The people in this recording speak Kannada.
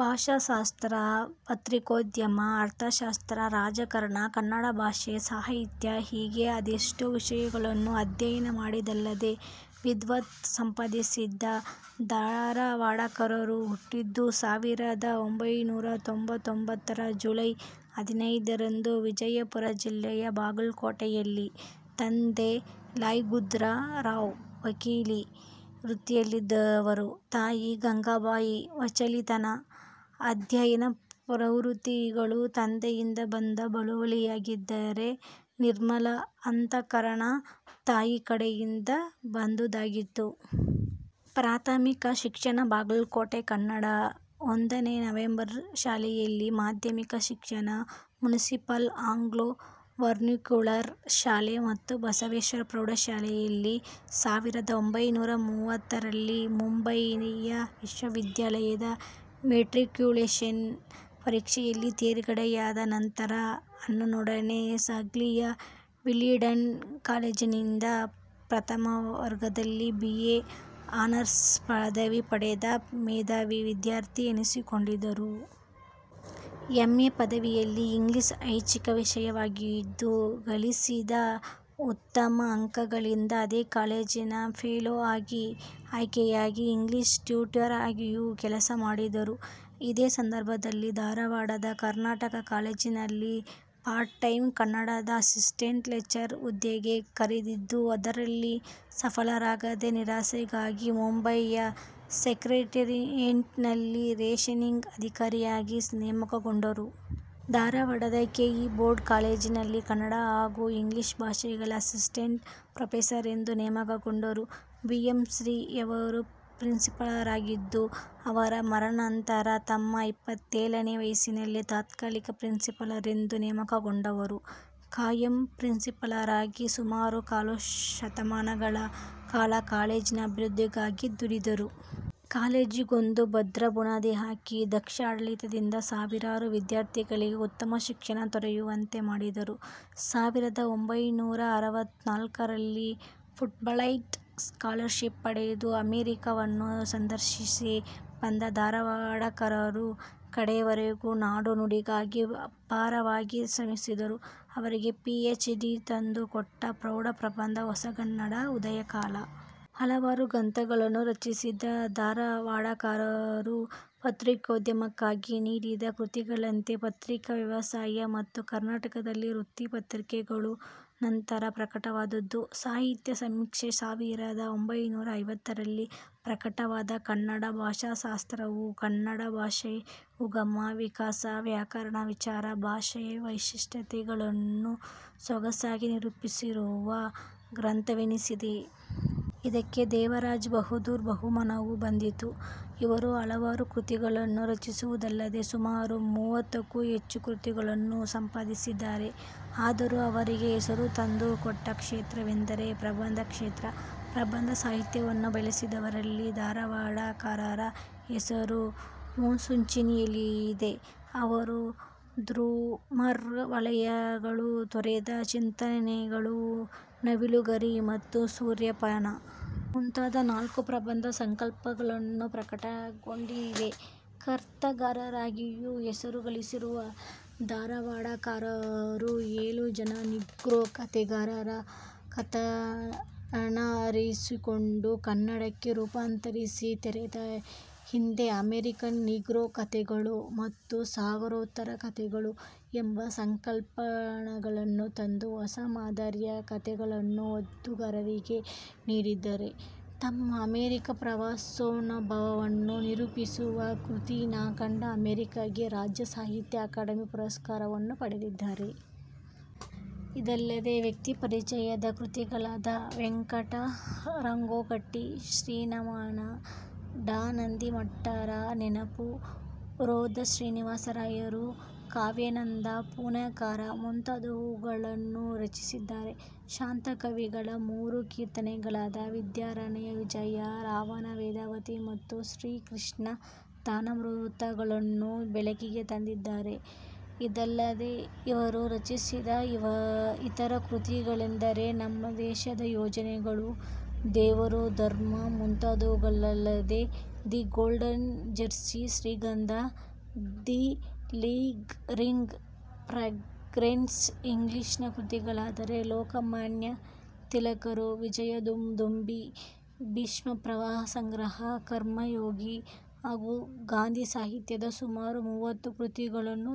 ಭಾಷಾಶಾಸ್ತ್ರ, ಪತ್ರಿಕೋದ್ಯಮ, ಅರ್ಥಶಾಸ್ತ್ರ, ರಾಜಕಾರಣ, ಕನ್ನಡಭಾಷೆ, ಸಾಹಿತ್ಯ ಹೀಗೆ ಅದೆಷ್ಟೋ ವಿಷಯಗಳನ್ನೂ ಅಧ್ಯಯನ ಮಾಡಿದ್ದಲ್ಲದೆ ವಿದ್ವತ್ ಸಂಪಾದಿಸಿದ್ದ ಧಾರವಾಡಕರರು ಹುಟ್ಟಿದ್ದು ಸಾವಿರದ ಒಂಬೈನೂರಾ ಹತ್ತೊಂಬತ್ತರ ಜುಲೈ ಹದಿನೈದರಂದು ವಿಜಾಪುರ ಜಿಲ್ಲೆಯ ಬಾಗಲಕೋಟೆಯಲ್ಲಿ. ತಂದೆ ಯಲಗುರ್ದರಾವ್ ವಕೀಲಿ ವೃತ್ತಿಯಲ್ಲಿದ್ದವರು, ತಾಯಿ ಗಂಗಾಬಾಯಿ. ವಾಚಾಳಿತನ, ಅಧ್ಯಯನ ಪ್ರವೃತ್ತಿಗಳು ತಂದೆಯಿಂದ ಬಂದ ಬಳುವಳಿಯಾಗಿದ್ದರೆ ನಿರ್ಮಲ ಅಂತಃಕರಣ, ತಾಯಿಯ ಕಡೆಯಿಂದ ಬಂದುದಾಗಿತ್ತು. ಪ್ರಾಥಮಿಕ ಶಿಕ್ಷಣ ಬಾಗಲಕೋಟೆಯ ಕನ್ನಡ ಒಂದನೆಯ ನಂಬರ್ ಶಾಲೆಯಲ್ಲಿ. ಮಾಧ್ಯಮಿಕ ಶಿಕ್ಷಣ ಮುನಿಸಿಪಲ್ ಆಂಗ್ಲೋ ವರ್ನಾಕ್ಯುಲರ್ ಶಾಲೆ ಮತ್ತು ಬಸವೇಶ್ವರ ಪ್ರೌಢಶಾಲೆಗಳಲ್ಲಿ. ಸಾವಿರದ ಒಂಬೈನೂರಾ ಮೂವತ್ತಾರರಲ್ಲಿ ಮುಂಬಯಿಯ ವಿಶ್ವವಿದ್ಯಾಲಯದ ಮೆಟ್ರಿಕ್ಯುಲೇಷನ್ ಪರೀಕ್ಷೆಯಲ್ಲಿ ತೇರ್ಗಡೆಯಾದ ನಂತರ ಅಣ್ಣನೊಡನೆ ಸಾಂಗ್ಲಿಯ ವಿಲ್ಲಿಂಗ್ಡನ್ ಕಾಲೇಜಿನಿಂದ ಪ್ರಥಮವರ್ಗದಲ್ಲಿ ಬಿ. ಎ. ಆನರ್ಸ್ ಪದವಿ ಪಡೆದ ಮೇಧಾವಿ ವಿದ್ಯಾರ್ಥಿ ಎನಿಸಿಕೊಂಡಿದ್ದರು. ಎಂ. ಎ. ಪದವಿಯಲ್ಲಿ ಇಂಗ್ಲಿಷ್ ಐಚ್ಛಿಕ ವಿಷಯವಾಗಿದ್ದು, ಗಳಿಸಿದ ಉತ್ತಮ ಅಂಕಗಳಿಂದ ಅದೇ ಕಾಲೇಜಿನ ಫೆಲೊ ಆಗಿ ಆಯ್ಕೆಯಾಗಿ ಇಂಗ್ಲಿಷ್ ಟ್ಯೂಟರ್ ಆಗಿಯೂ ಕೆಲಸ ಮಾಡಿದರು. ಇದೇ ಸಂದರ್ಭದಲ್ಲಿ ಧಾರವಾಡದ ಕರ್ನಾಟಕ ಕಾಲೇಜಿನಲ್ಲಿ ಪಾರ್ಟಟೈಂ ಕನ್ನಡದ ಅಸಿಸ್ಟೆಂಟ್ ಲೆಕ್ಚರರ್ ಹುದ್ದೆಗೆ ಕರೆದಿದ್ದು ಅದರಲ್ಲಿ ಸಫಲರಾಗದೆ ನಿರಾಶರಾಗಿ ಮುಂಬಯಿಯ ಸೆಕ್ರಟರಿಯೆಟ್ನಲ್ಲಿ ರೇಷನಿಂಗ್ ಅಧಿಕಾರಿಯಾಗಿ ನೇಮಕಗೊಂಡರು. ಧಾರವಾಡದ ಕೆ. ಇ. ಬೋರ್ಡ್ ಕಾಲೇಜಿನಲ್ಲಿ ಕನ್ನಡ ಹಾಗೂ ಇಂಗ್ಲಿಷ್ ಭಾಷೆಗಳ ಅಸಿಸ್ಟೆಂಟ್ ಪ್ರೊಫೆಸರೆಂದು ನೇಮಕಗೊಂಡರು. ಬಿ. ಎಂ. ಶ್ರೀ. ಯವರು ಪ್ರಿನ್ಸಿಪಾಲರಾಗಿದ್ದು ಅವರ ಮರಣಾನಂತರ ತಮ್ಮ ಇಪ್ಪತ್ತೇಳನೆಯ ವಯಸ್ಸಿನಲ್ಲಿಯೇ ತಾತ್ಕಾಲಿಕ ಪ್ರಿನ್ಸಿಪಾಲರೆಂದು ನೇಮಕಗೊಂಡವರು ಖಾಯಂ ಪ್ರಿನ್ಸಿಪಾಲರಾಗಿ ಸುಮಾರು ಕಾಲು ಶತಮಾನಗಳ ಕಾಲ ಕಾಲೇಜಿನ ಅಭಿವೃದ್ಧಿಗಾಗಿ ದುಡಿದರು. ಕಾಲೇಜಿಗೊಂದು ಭದ್ರ ಬುನಾದಿ ಹಾಕಿ, ದಕ್ಷ ಆಡಳಿತದಿಂದ ಸಾವಿರಾರು ವಿದ್ಯಾರ್ಥಿಗಳಿಗೆ ಉತ್ತಮ ಶಿಕ್ಷಣ ದೊರೆಯುವಂತೆ ಮಾಡಿದರು. ಸಾವಿರದ ಒಂಬೈನೂರಾ ಅರವತ್ತ ನಾಲ್ಕರಲ್ಲಿ ಫುಲ್ಬ್ರೈಟ್ ಸ್ಕಾಲರ್ ಶಿಪ್ ಪಡೆದು ಅಮೆರಿಕಾವನ್ನು ಸಂದರ್ಶಿಸಿ ಬಂದ ಧಾರವಾಡಕರರು ಕಡೆಯವರೆಗೂ ನಾಡು ನುಡಿಗಾಗಿ ಅಪಾರವಾಗಿ ಶ್ರಮಿಸಿದರು. ಅವರಿಗೆ ಪಿಎಚ್. ಡಿ. ತಂದು ಕೊಟ್ಟ ಪ್ರೌಢ ಪ್ರಬಂಧ ಹೊಸಗನ್ನಡ ಉದಯಕಾಲ. ಹಲವಾರು ಗ್ರಂಥಗಳನ್ನು ರಚಿಸಿದ್ದ ಧಾರವಾಡಕರರು ಪತ್ರಿಕೋದ್ಯಮಕ್ಕಾಗಿ ನೀಡಿದ ಕೃತಿಗಳೆಂದರೆ ಪತ್ರಿಕಾ ವ್ಯವಸಾಯ, ಮತ್ತು ಕರ್ನಾಟಕದಲ್ಲಿ ವೃತ್ತ ಪತ್ರಿಕೆಗಳು. ನಂತರ ಪ್ರಕಟವಾದದ್ದು ಸಾಹಿತ್ಯ ಸಮೀಕ್ಷೆ. ಸಾವಿರದ ಒಂಬೈನೂರಾ ಐವತ್ತರಲ್ಲಿ ಪ್ರಕಟವಾದ ಕನ್ನಡ ಭಾಷಾ ಶಾಸ್ತ್ರವು ಕನ್ನಡ ಭಾಷೆಯ ಉಗಮ, ವಿಕಾಸ, ವ್ಯಾಕರಣ ವಿಚಾರ, ಭಾಷೆಯ ವೈಶಿಷ್ಟ್ಯಗಳನ್ನೂ ಸೊಗಸಾಗಿ ನಿರೂಪಿಸಿರುವ ಗ್ರಂಥವೆನಿಸಿದೆ. ಇದಕ್ಕೆ ದೇವರಾಜ ಬಹದ್ದೂರ್ ಬಹುಮಾನವೂ ಬಂದಿತು. ಇವರು ಹಲವಾರು ಕೃತಿಗಳನ್ನೂ ರಚಿಸಿರುವುದಲ್ಲದೆ ಸುಮಾರು ಮೂವತ್ತಕ್ಕೂ ಹೆಚ್ಚು ಕೃತಿಗಳನ್ನೂ ಸಂಪಾದಿಸಿದ್ದಾರೆ. ಆದರೂ ಅವರಿಗೆ ಹೆಸರು ತಂದು ಕೊಟ್ಟ ಕ್ಷೇತ್ರವೆಂದರೆ ಪ್ರಬಂದ ಕ್ಷೇತ್ರ. ಪ್ರಬಂಧ ಸಾಹಿತ್ಯವನ್ನೂ ಬೆಳೆಸಿದವರಲ್ಲಿ ಧಾರವಾಡಕರರ ಹೆಸರು ಮುಂಚೂಣಿಯಲ್ಲಿದೆ. ಅವರ ಧೂಮ್ರವಲಯಗಳು, ತೂರಿದ ಚಿಂತನೆಗಳು, ನವಿಲುಗರಿ ಮತ್ತು ಸೂರ್ಯಪಾನ. ಮುಂತಾದ ನಾಲ್ಕು ಪ್ರಬಂಧ ಸಂಕಲನಗಳು ಪ್ರಕಟಗೊಂಡಿವೆ. ಕತೆಗಾರರಾಗಿಯೂ ಹೆಸರು ಗಳಿಸಿರುವ ಧಾರವಾಡಕರರು ಏಳು ಜನ ನಿಗ್ರೋ ಕತೆಗಾರರ ಕತೆಗಳನ್ನಾರಿಸಿಕೊಂಡು ಕನ್ನಡಕ್ಕೆ ರೂಪಾಂತರಿಸಿ ತೆರೆಯ ಹಿಂದೆ ಅಮೆರಿಕನ್ ನಿಗ್ರೋ ಕಥೆಗಳು ಮತ್ತು ಸಾಗರೋತ್ತರ ಕಥೆಗಳು ಎಂಬ ಸಂಕಲನಗಳನ್ನು ತಂದು ಹೊಸ ಮಾದರಿಯ ಕತೆಗಳನ್ನು ಓದುಗರಿಗೆ ನೀಡಿದ್ದಾರೆ. ತಮ್ಮ ಅಮರಿಕಾ ಪ್ರವಾಸಾನುಭವವನ್ನೂ ನಿರೂಪಿಸುವ ಕೃತಿ ನಾ ಕಂಡ ಅಮರಿಕೆಗೆ ರಾಜ್ಯ ಸಾಹಿತ್ಯ ಅಕಾಡಮಿಯ ಪುರಸ್ಕಾರವನ್ನೂ ಪಡೆದಿದ್ದಾರೆ. ಇದಲ್ಲದೆ ವ್ಯಕ್ತಿ ಪರಿಚಯದ ಕೃತಿಗಳಾದ ವೆಂಕಟ ರಂಗೋಕಟ್ಟಿ, ಶ್ರೀನಮನ, ಡಾ. ನಂದಿಮಠರ ನೆನಪು, ರೊದ್ದ ಶ್ರೀನಿವಾಸರಾಯರು, ಕಾವ್ಯಾನಂದ, ಪುಣೇಕರ ಮುಂತಾದವುಗಳನ್ನೂ ರಚಿಸಿದ್ದಾರೆ. ಶಾಂತ ಕವಿಗಳ ಮೂರು ಕೀರ್ತನೆಗಳಾದ ವಿದ್ಯಾರಣ್ಯ ವಿಜಯ, ರಾವಣ ವೇದವತಿ ಮತ್ತು ಶ್ರೀಕೃಷ್ಣ ದಾನಾಮೃತಗಳನ್ನೂ ಬೆಳಕಿಗೆ ತಂದಿದ್ದಾರೆ. ಇದಲ್ಲದೆ ಇವರು ರಚಿಸಿದ ಇತರ ಕೃತಿಗಳೆಂದರೆ ನಮ್ಮ ದೇಶದ ಯೋಜನೆಗಳು, ದೇವರು ಧರ್ಮ, ಮುಂತಾದವುಗಳಲ್ಲದೆ the golden jersey, Shrigandha, the lingering fragrance English ಕೃತಿಗಳಾದರೆ ಲೋಕಮಾನ್ಯ ತಿಲಕರು, ವಿಜಯದುಂದುಭಿ, ಭೀಷ್ಮಪರ್ವಸಂಗ್ರಹ, ಕರ್ಮಯೋಗಿ ಹಾಗೂ ಗಾಂಧಿಸಾಹಿತ್ಯದ ಸುಮಾರು ಮೂವತ್ತು ಕೃತಿಗಳನ್ನೂ ಸಂಪಾದಿಸಿದ್ದಾರೆ.